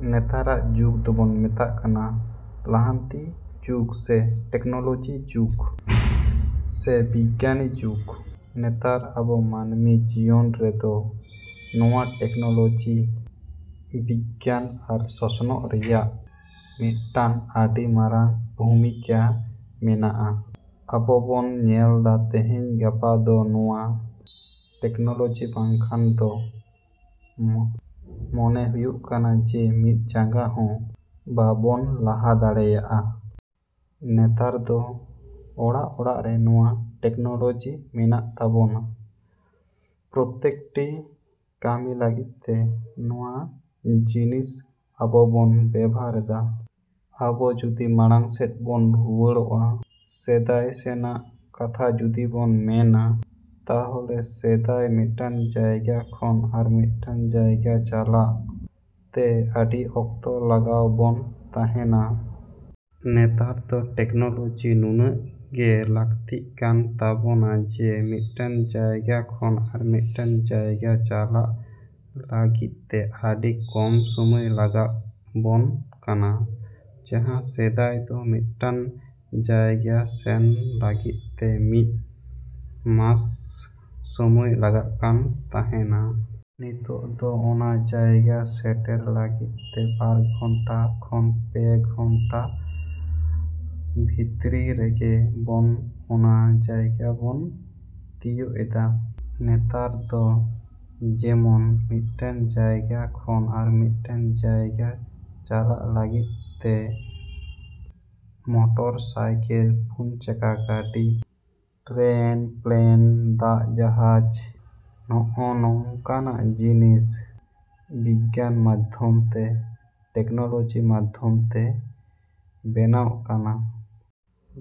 ᱱᱮᱛᱟᱨᱟᱜ ᱡᱩᱜᱽ ᱫᱚᱵᱚᱱ ᱢᱮᱛᱟᱜ ᱠᱟᱱᱟ ᱞᱟᱦᱟᱱᱛᱤ ᱡᱩᱜᱽ ᱥᱮ ᱴᱮᱠᱱᱳᱞᱳᱡᱤ ᱡᱩᱜᱽ ᱥᱮ ᱵᱤᱜᱽᱜᱟᱱ ᱡᱩᱜᱽ᱾ ᱱᱮᱛᱟᱨ ᱟᱵᱚ ᱢᱟᱹᱱᱢᱤ ᱡᱤᱭᱚᱱ ᱨᱮᱫᱚ ᱱᱚᱣᱟ ᱴᱮᱠᱱᱳᱞᱳᱡᱤ, ᱵᱤᱜᱽᱜᱟᱱ ᱟᱨ ᱥᱚᱥᱱᱚᱜ ᱨᱮᱱᱟᱜ ᱢᱤᱫᱴᱟᱝ ᱟᱹᱰᱤ ᱢᱟᱨᱟᱝ ᱵᱷᱩᱢᱤᱠᱟ ᱢᱮᱱᱟᱜᱼᱟ᱾ ᱟᱵᱚ ᱵᱚᱱ ᱧᱮᱞ ᱫᱟ ᱛᱮᱦᱮᱧ ᱜᱟᱯᱟ ᱫᱚ ᱱᱚᱣᱟ ᱴᱮᱠᱱᱳᱞᱳᱡᱤ ᱵᱟᱝᱠᱷᱟᱱ ᱫᱚ ᱢᱚᱱᱮ ᱦᱩᱭᱩᱜ ᱠᱟᱱᱟ ᱡᱮ ᱢᱤᱫ ᱡᱟᱸᱜᱟ ᱦᱚᱸ ᱵᱟᱵᱚᱱ ᱞᱟᱦᱟ ᱫᱟᱲᱮᱭᱟᱜᱼᱟ᱾ ᱱᱮᱛᱟᱨ ᱫᱚ ᱚᱲᱟᱜᱼᱚᱲᱟᱜ ᱨᱮ ᱱᱚᱣᱟ ᱴᱮᱠᱱᱳᱞᱳᱡᱤ ᱢᱮᱱᱟᱜ ᱛᱟᱵᱚᱱᱟ᱾ ᱯᱨᱚᱛᱮᱠᱴᱤ ᱠᱟᱹᱢᱤ ᱞᱟᱹᱜᱤᱫ ᱛᱮ ᱱᱚᱣᱟ ᱡᱤᱱᱤᱥ ᱟᱵᱚ ᱵᱚᱱ ᱵᱮᱵᱚᱦᱟᱨ ᱫᱟ᱾ ᱟᱵᱚ ᱡᱩᱫᱤ ᱢᱟᱲᱟᱝ ᱥᱮᱫ ᱵᱚᱱ ᱨᱩᱣᱟᱹᱲᱚᱜᱼᱟ, ᱥᱮᱫᱟᱭ ᱥᱮᱱᱟᱜ ᱠᱟᱛᱷᱟ ᱡᱩᱫᱤ ᱵᱚᱱ ᱢᱮᱱᱟ ᱛᱟᱦᱚᱞᱮ ᱥᱮᱫᱟᱭ ᱢᱤᱫᱴᱮᱱ ᱡᱟᱭᱜᱟ ᱠᱷᱚᱱ ᱟᱨ ᱢᱤᱫᱴᱮᱱ ᱡᱟᱭᱜᱟ ᱪᱟᱞᱟᱜ ᱛᱮ ᱟᱹᱰᱤ ᱚᱠᱛᱚ ᱞᱟᱜᱟᱣ ᱵᱚᱱ ᱠᱟᱱ ᱛᱟᱦᱮᱸᱱᱟ᱾ ᱱᱮᱛᱟᱨ ᱫᱚ ᱴᱮᱠᱱᱳᱞᱳᱡᱤ ᱱᱩᱱᱟᱹᱜ ᱜᱮ ᱞᱟᱹᱠᱛᱤ ᱠᱟᱱ ᱛᱟᱵᱚᱱᱟ, ᱡᱮ ᱢᱤᱫᱴᱮᱱ ᱡᱟᱭᱜᱟ ᱠᱷᱚᱱ ᱟᱨᱚ ᱢᱤᱫᱴᱮᱱ ᱡᱟᱭᱜᱟ ᱪᱟᱞᱟᱜ ᱞᱟᱹᱜᱤᱫ ᱛᱮ ᱟᱹᱰᱤ ᱠᱚᱢ ᱥᱚᱢᱚᱭ ᱞᱟᱜᱟᱣ ᱵᱚᱱ ᱠᱟᱱᱟ᱾ ᱡᱟᱦᱟᱸ ᱥᱮᱫᱟᱭ ᱫᱚ ᱢᱤᱫᱴᱮᱱ ᱡᱟᱭᱜᱟ ᱥᱮᱴᱮᱨ ᱞᱟᱹᱜᱤᱫ ᱛᱮ ᱢᱤᱫ ᱢᱟᱥ ᱥᱚᱢᱚᱭ ᱞᱟᱜᱟᱜ ᱠᱟᱱ ᱛᱟᱦᱮᱱᱟ᱾ ᱱᱤᱛ ᱫᱚ ᱚᱱᱟ ᱡᱟᱭᱜᱟ ᱥᱮᱴᱮᱨ ᱞᱟᱹᱜᱤᱫ ᱛᱮ ᱵᱟᱨ ᱜᱷᱚᱱᱴᱟ ᱠᱷᱚᱱ ᱯᱮ ᱜᱷᱚᱱᱴᱟ ᱵᱷᱤᱛᱤᱨ ᱨᱮᱜᱮ ᱵᱚᱱ ᱚᱱᱟ ᱡᱟᱭᱜᱟ ᱵᱚᱱ ᱛᱤᱭᱟᱹᱜ ᱮᱫᱟ᱾ ᱱᱮᱛᱟᱨ ᱫᱚ ᱡᱮᱢᱚᱱ ᱢᱤᱫᱴᱮᱱ ᱡᱟᱭᱜᱟ ᱠᱷᱚᱱ ᱟᱨ ᱢᱤᱫᱴᱮᱱ ᱡᱟᱭᱜᱟ ᱪᱟᱞᱟᱜ ᱞᱟᱹᱜᱤᱫ ᱛᱮ ᱢᱚᱴᱚᱨ ᱥᱟᱭᱠᱮᱞ, ᱯᱩᱱ ᱪᱟᱠᱟ ᱜᱟᱹᱰᱤ, ᱴᱨᱮᱱ, ᱯᱞᱮᱱ, ᱫᱟᱜ ᱡᱟᱦᱟᱡᱽ ᱱᱚᱜᱼᱚ ᱱᱚᱝ ᱠᱟᱱᱟᱜ ᱡᱤᱱᱤᱥ ᱵᱤᱜᱽᱜᱟᱱ ᱢᱟᱫᱽᱫᱷᱚᱢ ᱛᱮ, ᱴᱮᱠᱱᱳᱞᱳᱡᱤ ᱢᱟᱫᱽᱫᱷᱚᱢ ᱛᱮ ᱵᱮᱱᱟᱣ ᱠᱟᱱᱟ᱾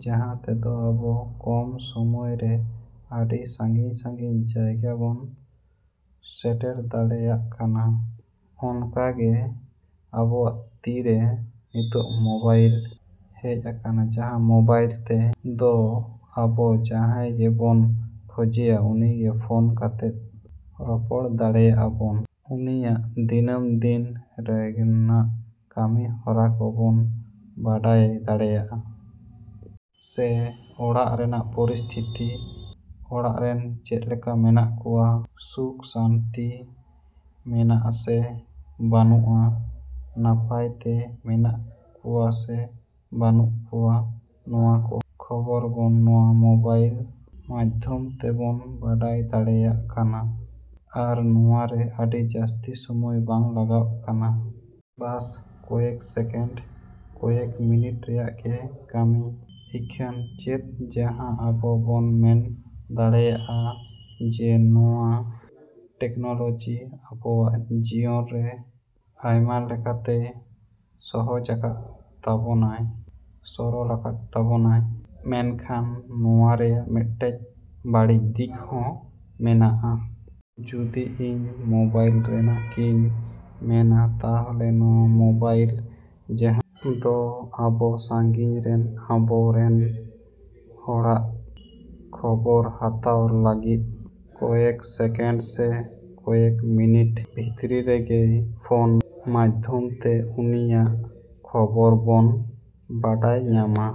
ᱡᱟᱦᱟᱸ ᱛᱮᱫᱚ ᱟᱵᱚ ᱠᱚᱢ ᱥᱚᱢᱚᱭ ᱨᱮ ᱟᱰᱤ ᱥᱟᱺᱜᱤᱧᱼᱥᱟᱺᱜᱤᱧ ᱡᱟᱭᱜᱟ ᱵᱚᱱ ᱥᱮᱴᱮᱨ ᱫᱟᱲᱮᱭᱟᱜ ᱠᱟᱱᱟ᱾ ᱚᱱᱠᱟᱜᱮ ᱟᱵᱚᱣᱟᱜ ᱛᱤᱨᱮ ᱱᱮᱛᱟᱨ ᱢᱳᱵᱟᱭᱤᱞ ᱦᱮᱡ ᱠᱟᱱᱟ ᱡᱟᱦᱟᱸ ᱢᱳᱵᱟᱭᱤᱞ ᱛᱮ ᱫᱚ ᱟᱵᱚ ᱡᱟᱦᱟᱸᱭ ᱜᱮᱵᱚᱱ ᱠᱷᱚᱡᱮᱭᱟ ᱩᱱᱤᱜᱮ ᱯᱷᱳᱱ ᱠᱟᱛᱮᱫ ᱨᱚᱯᱚᱲ ᱫᱟᱲᱮᱭᱟᱜᱼᱟ ᱵᱚᱱ, ᱩᱱᱤᱭᱟᱜ ᱫᱤᱱᱟᱹᱢ ᱫᱤᱱ ᱨᱮᱱᱟᱜ ᱠᱟᱹᱢᱤ ᱦᱚᱨᱟ ᱠᱚᱵᱚᱱ ᱵᱟᱰᱟᱭ ᱫᱟᱲᱮᱭᱟᱜᱼᱟ᱾ ᱥᱮ ᱚᱲᱟᱜ ᱨᱮᱱᱟᱜ ᱯᱚᱨᱤᱥᱛᱷᱤᱛᱤ, ᱚᱲᱟᱜ ᱨᱮᱱ ᱪᱮᱫᱠᱟ ᱢᱮᱱᱟᱜ ᱠᱚᱣᱟ, ᱥᱩᱠᱼᱥᱟᱹᱱᱛᱤ ᱢᱮᱱᱟᱜᱼᱟ ᱥᱮ ᱵᱟᱹᱱᱩᱜᱼᱟ, ᱱᱟᱯᱟᱭ ᱛᱮ ᱢᱮᱱᱟᱜ ᱠᱚᱣᱟ ᱥᱮ ᱵᱟᱹᱱᱩᱜ ᱠᱚᱣᱟ ᱱᱚᱣᱟ ᱠᱚ, ᱠᱷᱚᱵᱚᱨ ᱟᱵᱚ ᱱᱚᱣᱟ ᱢᱳᱵᱟᱭᱤᱞ ᱢᱟᱫᱽᱫᱷᱚᱢ ᱛᱮᱵᱚᱱ ᱵᱟᱰᱟᱭ ᱫᱟᱲᱮᱭᱟᱜ ᱠᱟᱱᱟ᱾ ᱟᱨ ᱱᱚᱣᱟ ᱨᱮ ᱟᱹᱰᱤ ᱡᱟᱹᱥᱛᱤ ᱥᱚᱢᱚᱭ ᱵᱟᱝ ᱞᱟᱜᱟᱜᱼᱠᱟᱱᱟ᱾ ᱵᱟᱥ ᱠᱚᱭᱮᱠ ᱥᱮᱠᱮᱱᱰ, ᱠᱚᱭᱮᱠ ᱢᱤᱱᱤᱴ ᱨᱮᱱᱟᱜ ᱜᱮ ᱠᱟᱹᱢᱤ᱾ ᱤᱠᱷᱟᱹᱱ ᱪᱮᱫ ᱡᱟᱦᱟᱸ ᱟᱵᱚ ᱵᱚᱱ ᱢᱮᱱ ᱫᱟᱲᱮᱭᱟᱜᱼᱟ ᱡᱮ ᱱᱚᱣᱟ ᱴᱮᱠᱱᱳᱞᱳᱡᱤ ᱟᱵᱚᱣᱟᱜ ᱡᱤᱭᱚᱱ ᱨᱮ ᱟᱭᱢᱟ ᱞᱮᱠᱟᱛᱮ ᱥᱚᱦᱚᱡᱽ ᱟᱠᱟᱫ ᱛᱟᱵᱚᱱᱟᱭ, ᱥᱚᱨᱚᱞ ᱟᱠᱟᱫ ᱛᱟᱵᱚᱱᱟᱭ᱾ ᱢᱮᱱᱠᱷᱟᱱ ᱱᱚᱣᱟ ᱨᱮᱱᱟᱜ ᱢᱤᱫᱴᱮᱱ ᱵᱟᱹᱲᱤᱡ ᱫᱤᱠ ᱦᱚᱸ ᱢᱮᱱᱟᱜᱼᱟ᱾ ᱡᱩᱫᱤ ᱤᱧ ᱢᱳᱵᱟᱭᱤᱞ ᱨᱮᱱᱟᱜ ᱜᱤᱧ ᱢᱮᱱᱟ ᱛᱟᱦᱚᱞᱮ ᱱᱚᱣᱟ ᱢᱳᱵᱟᱭᱤᱞ ᱡᱟᱦᱟᱸ ᱫᱚ ᱟᱵᱚ ᱥᱟᱺᱜᱤᱧ ᱨᱮᱱ ᱟᱵᱚ ᱨᱮᱱ ᱦᱚᱲᱟᱜ ᱠᱷᱚᱵᱚᱨ ᱦᱟᱛᱟᱣ ᱞᱟᱹᱜᱤᱫ ᱠᱚᱭᱮᱠ ᱥᱮᱠᱮᱱᱰ ᱥᱮ ᱠᱚᱭᱮᱠ ᱢᱤᱱᱤᱴ ᱵᱷᱤᱛᱨᱤ ᱨᱮᱜᱮ ᱯᱷᱳᱱ ᱢᱟᱫᱽᱫᱷᱚᱢ ᱛᱮ ᱩᱱᱤᱭᱟᱜ ᱠᱷᱚᱵᱚᱨ ᱵᱚᱱ ᱵᱟᱰᱟᱭ ᱧᱟᱢᱟ᱾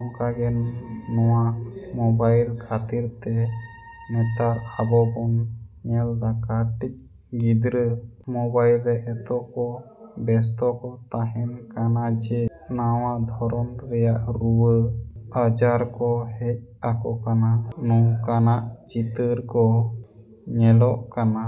ᱚᱱᱠᱟᱜᱮ ᱱᱚᱣᱟ ᱢᱳᱵᱟᱭᱤᱞ ᱠᱷᱟᱹᱛᱤᱨ ᱛᱮ ᱱᱮᱛᱟᱨ, ᱟᱵᱚ ᱵᱚᱱ ᱧᱮᱞᱮᱫᱟ ᱠᱟᱹᱴᱤᱡ ᱜᱤᱫᱽᱨᱟᱹ ᱢᱳᱵᱟᱭᱤᱞ ᱨᱮ ᱮᱛᱚ ᱠᱚ ᱵᱮᱥᱛᱚ ᱠᱚ ᱛᱟᱦᱮᱸᱱ ᱠᱟᱱᱟ ᱡᱮ, ᱱᱚᱣᱟ ᱫᱷᱚᱨᱚᱱ ᱨᱮᱱᱟᱜ ᱨᱩᱣᱟᱹ, ᱟᱡᱟᱨ ᱠᱚ ᱦᱮᱡ ᱟᱠᱚ ᱠᱟᱱᱟ᱾ ᱱᱚᱝᱠᱟᱱᱟᱜ ᱪᱤᱛᱟᱹᱨ ᱠᱚ ᱧᱮᱞᱚᱜ ᱠᱟᱱᱟ᱾